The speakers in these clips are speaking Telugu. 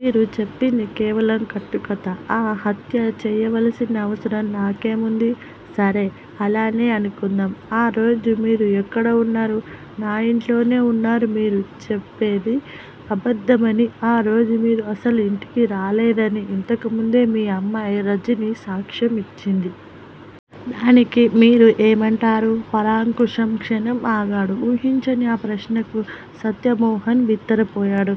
మీరు చెప్పింది కేవలం కట్టుకథ ఆ హత్య చేయవలసిన అవసరం నాకేముంది? సరే, అలానే అనుకుందాం ఆ రోజు మీరు ఎక్కడ ఉన్నారు? నా ఇంట్లోనే వున్నాను మీరు చెప్పేది అబద్దమని, ఆ రోజు మీరు అసలు ఇంటికి రాలేదని ఇంతకుముందే మీ అమ్మాయి రజని సాక్ష్యం ఇచ్చింది. దానికి మీరు ఏమంటారు? పరాంకుశం క్షణం ఆగాడు. ఊహించని ఆ ప్రశ్నకు సత్యమోహన్ బిత్తరపోయాడు.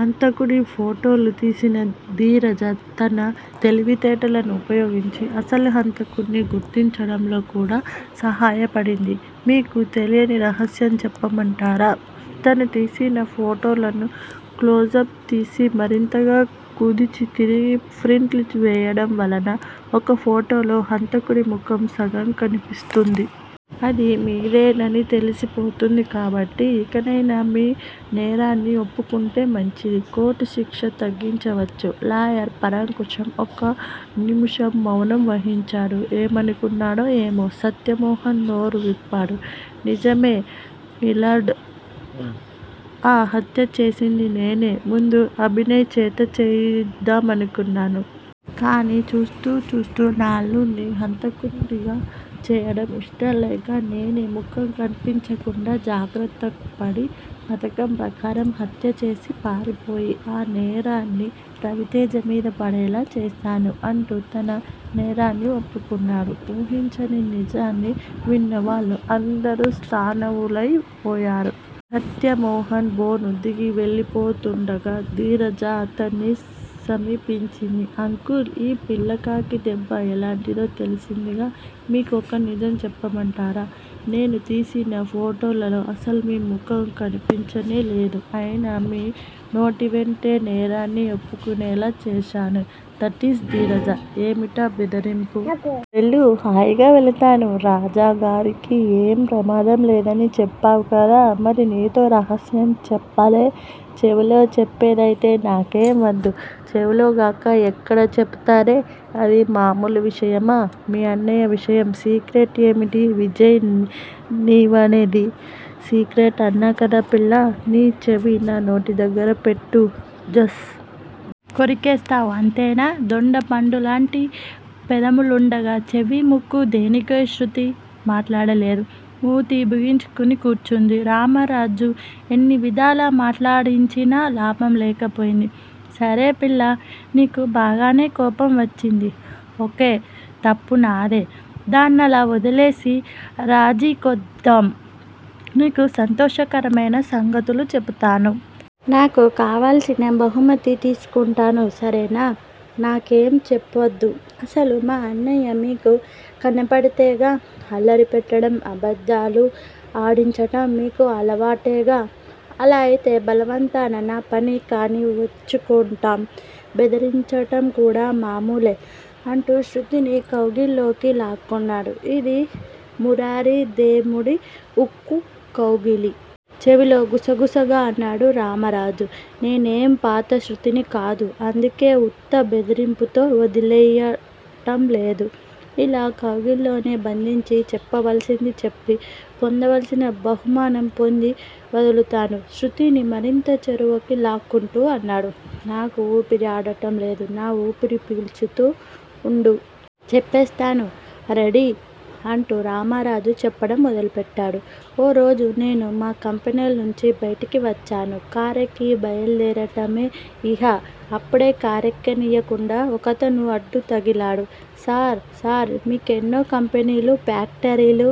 హంతుకుడి ఫోటోలు తీసిన ధీరజ తన తెలివితేటలను ఉపయోగించి అసలు హంతకుడ్ని గుర్తించడంలో కూడా సహయాపడింది. మీకు తెలియని రహస్యం చెప్పమటారా. తను తీసిన ఫోటోలను క్లోజప్ లు తీసి మరింతగా కుదించి తిరిగి ప్రింట్లు వేయడం వలన ఒక ఫోటోలో హంతకుడి ముఖం సగం కనిపిస్తుంది. అది మీదేనని తెలిసి పోతుంది కాబట్టి ఇకనయినా మీ నేరాన్ని ఒప్పుకుంటే మంచిది కోర్టు శిక్ష తగ్గించవచ్చు లాయర్ పరాంకుశం ఒక నిముషం మౌనం వహించాడు. ఏమనుకున్నాడో ఏమో సత్యమోహన్ నోరు విప్పాడు. నిజమే మిలార్డ్ ఆ హత్య చేసింది నేనే ముందు అభినయ్ చేత చేయిద్దామనుకున్నాను. కానీ చూస్తూ చూస్తూ నా అల్లుడ్ని హంతకునిగా చేయడం ఇష్టం లేక నేనే ముఖం కనిపించకుండా జాగ్రత్తపడి పధకం ప్రకారం హత్య చేసి పారిపోయి ఆ నేరాన్ని రవితేజ మీద పడేలా చేశాను అంటూ తన నేరాన్ని ఒప్పుకున్నాడు. ఊహించని నిజాన్ని విన్న వాళ్ళు అందరూ స్థాణువులయి పోయారు. సత్యమోహన్ బోను దిగి వెళ్ళిపోబోతుండగా ధీరజ అతన్ని సమీపించింది. అంకుల్ ఈ పిల్లకాకి దెబ్బ ఎలాంటిదో తెలిసిందిగా మీకు ఒక నిజం చెప్పమంటారా? నేను తీసిన ఫోటోలలో అసలు మీ ముఖం కనిపించనేలేదు. ఐనా మీ నోటివెంటే నేరాన్ని ఒప్పుకునేలా చేశాను దటీజ్ ధీరజ। ఏమిటా బెదిరింపు? వెళ్ళు. హాయిగా వేళతాను. రాజాగారికి ఏం ప్రమాదం లేదని చెప్పావుకదా! మరీ నీకో రహస్యం చెప్పాలే. చెవిలో చెప్పేదయితే నాకేం వద్దు. చెవిలోగాక ఎక్కడ చెపుతారే? అదే మామూలు విషయమా, మీ అన్నయ్య విషయం సీక్రెట్ ఏమిటీ విజయ్ నీవనేది? సీక్రెట్ అన్నాకదా పిల్లా! నీ చెవి నా నోటిదగ్గర పెట్టు, జస్. కొరికేస్తావ్ అంతేనా? దొండపండులాంటి పెదిమలుండగా చెవి, ముక్కు దేనికోయ్ శృతి మాట్లాడలేదు. మూతి బిగించుకుని కూర్చుంది. రామరాజు ఎన్నివిధాల మాట్లాడించినా లాభం లేక పోయింది. సరే పిల్లా! నీకు బాగానే కోపం వచ్చింది. ఓకే. తప్పు నాదే. దాన్నలా వదిలేసి రాజీకొద్దాం. నీకు సంతోషకరమైన సంగతులు చెపుతాను. నాకు కావాల్సిన బహుమతి తీసుకుంటాను సరేనా! నాకేం చెప్పద్దు, అసలు మా అన్నయ్య మీకు కనపడితేగా, అల్లరి పెట్టడం, అబద్దాలు ఆడించటం మీకు అలవాటేగా! అలా అయితే బలవంతాన నా పని కానిచ్చుకోటం, బెదిరించటంకూడా మామూలే. అంటూ శృతిని కౌగిలిలోకి లాక్కున్నాడు. ఇది మురారిదేముడి ఉక్కుకౌగిలి. చెవిలో గుసగుసగా అన్నాడు రామరాజు. నేనేం పాత శృతిని కాదు. అందుకే ఉత్త బెదిరింపుతో వదిలెయ్యటంలేదు. ఇలా కౌగిలిలోనే బంధించి చెప్పవలసింది చెప్పి పొందవలసిన బహుమానం పోంది వదులుతాను శృతిని మరింత చేరువకి లాక్కుంటూ అన్నాడు. నాకు వూపిరి ఆడటం లేదు. నా వూపిరి పీల్చుతూ వుండు. చెప్పేస్తాను. రెడీ. అంటూ రామరాజు చెప్పటం మొదలుపెట్టాడు. ఓ రోజు నేను మా కంపెనీలోంచి బైటికి వచ్చాను. కారెక్కి బైలుదేరటమే యిహ, అప్పుడు కారెక్కనీయ కుండా ఒకతను అడ్డు తగిలాడు. సార్, సార్ మీ కెన్నో కంపెనీలు, ఫ్యాక్టరీలు